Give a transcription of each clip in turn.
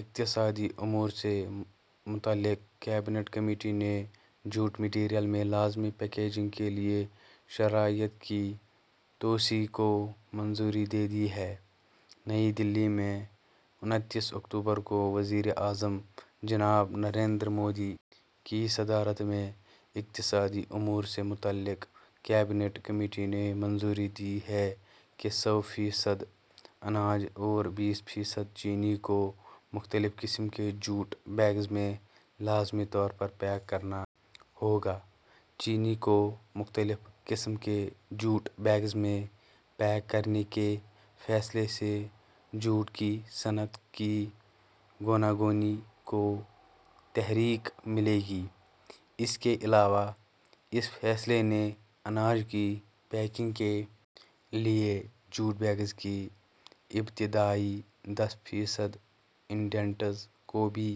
اقتصادی امور سے متعلق کابینہ کمیٹی نے جوٹ میٹیریل میں لازمی پیکیجنگ کے لیے شرائط کی توسیع کو منظوری دے دی ہے نئی دہلی میں انتیس اکتوبر کو وزیر اعظم جناب نریندر مودی کی صدارت میں اقتصادی امور سے متعلق کابینہ کمیٹی نے منظوری دی ہے کہ سو فیصد اناج اور بیس فیصد چینی کو مختلف قسم کے جوٹ بیگس میں لازمی طور پر پیک کرنا ہوگا چینی کو مختلف قسم کے جوٹ بیگ میں پیک کرنے کے فیصلے سے جوٹ کی صنعت کی گوناگونی کو تحریک ملے گی اس کے علاوہ اس فیصلے نے اناج کی پیکنگ کے لیے جوٹ بیگس کی ابتدائی دس فیصد انڈیںٹس کو بھی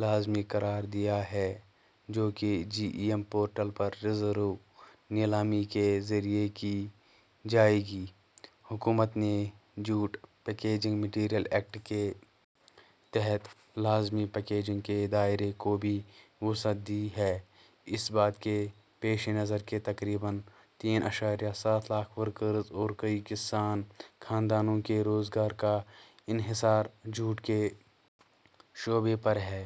لازمی قرار دیا ہے جو کہ جیم پورٹل پر ریورس نیلامی کے ذریعہ کی جائے گی حکومت نے جوٹ پیکیجنگ میٹیریل ایکٹ کے تحت لازمی پیکیجنگ کے دائرے کو بھی وسعت دی ہے اس بات کے پیش نظر کہ تقریباً تین اشاریہ سات لاکھ ورکرز اور کئی لاکھ کسان خاندانوں کے روزگار کا انحصار جوٹ کے شعبے پر ہے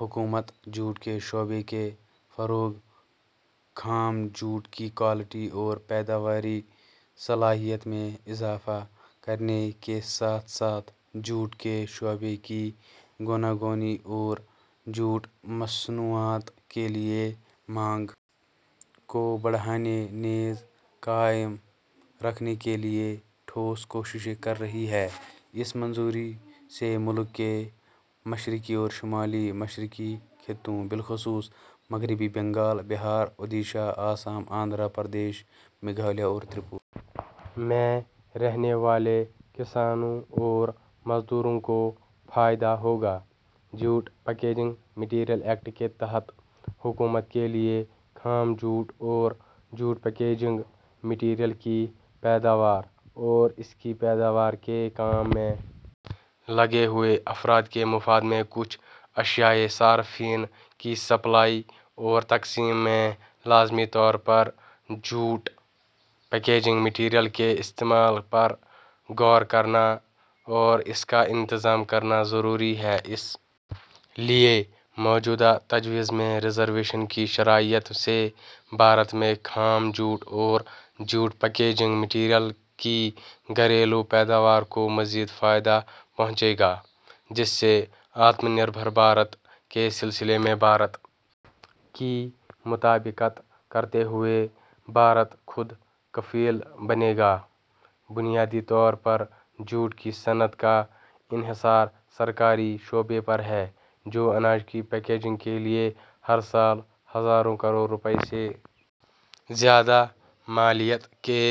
حکومت جوٹ کے شعبے کے فروغ خام جوٹ کی کوالٹی اور پیداواری صلاحیت میں اضافہ کرنے کے ساتھ ساتھ جوٹ کے شعبے کی گوناگونی اور جوٹ مصنوعات کے لیے مانگ کو بڑھانے نیز قائم رکھنے کے لیے ٹھوس کوششیں کر رہی ہے اس منظوری سے ملک کے مشرقی اور شمال مشرقی خطوں بالخصوص مغربی بنگال بہار اڈیشہ آسام آندھرا پردیش میگھالیہ اور تریپورہ میں رہنے والے کسانوں اور مزدوروں کو فائدہ ہوگا جوٹ پیکیجنگ میٹیریل ایکٹ کے تحت حکومت کے لیے خام جوٹ اور جوٹ پیکیجنگ میٹیریل کی پیداوار اور اس کی پیداوار کے کام میں لگے ہوئے افراد کے مفاد میں کچھ اشیائے صارفین کی سپلائی اور تقسیم میں لازمی طور پر جوٹ پیکیجنگ میٹیریل کے استعمال پر غور کرنا اور اس کا انتظام کرنا ضروری ہے اس لیے موجودہ تجویز میں ریزرویشن کی شرائط سے بھارت میں خام جوٹ اور جوٹ پیکیجنگ میٹیریل کی گھریلو پیداوار کو مزید فائدہ پہنچے گا جس سے آتم نربھر بھارت کے سلسلے میں بھارت کی مطابقت کرتے ہوئے بھارت خود کفیل بنے گا بنیادی طور پر جوٹ کی صنعت کا انحصار سرکاری شعبے پر ہے جو اناج کی پیکنگ کے لیے ہر سال ہزاروں کروڑ روپے سے زیادہ مالیت کے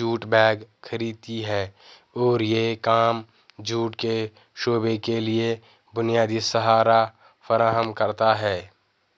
جوٹ بیگ خریدتی ہے اور یہ کام جوٹ کے شعبے کے لیے بنیادی سہارا فراہم کرتا ہے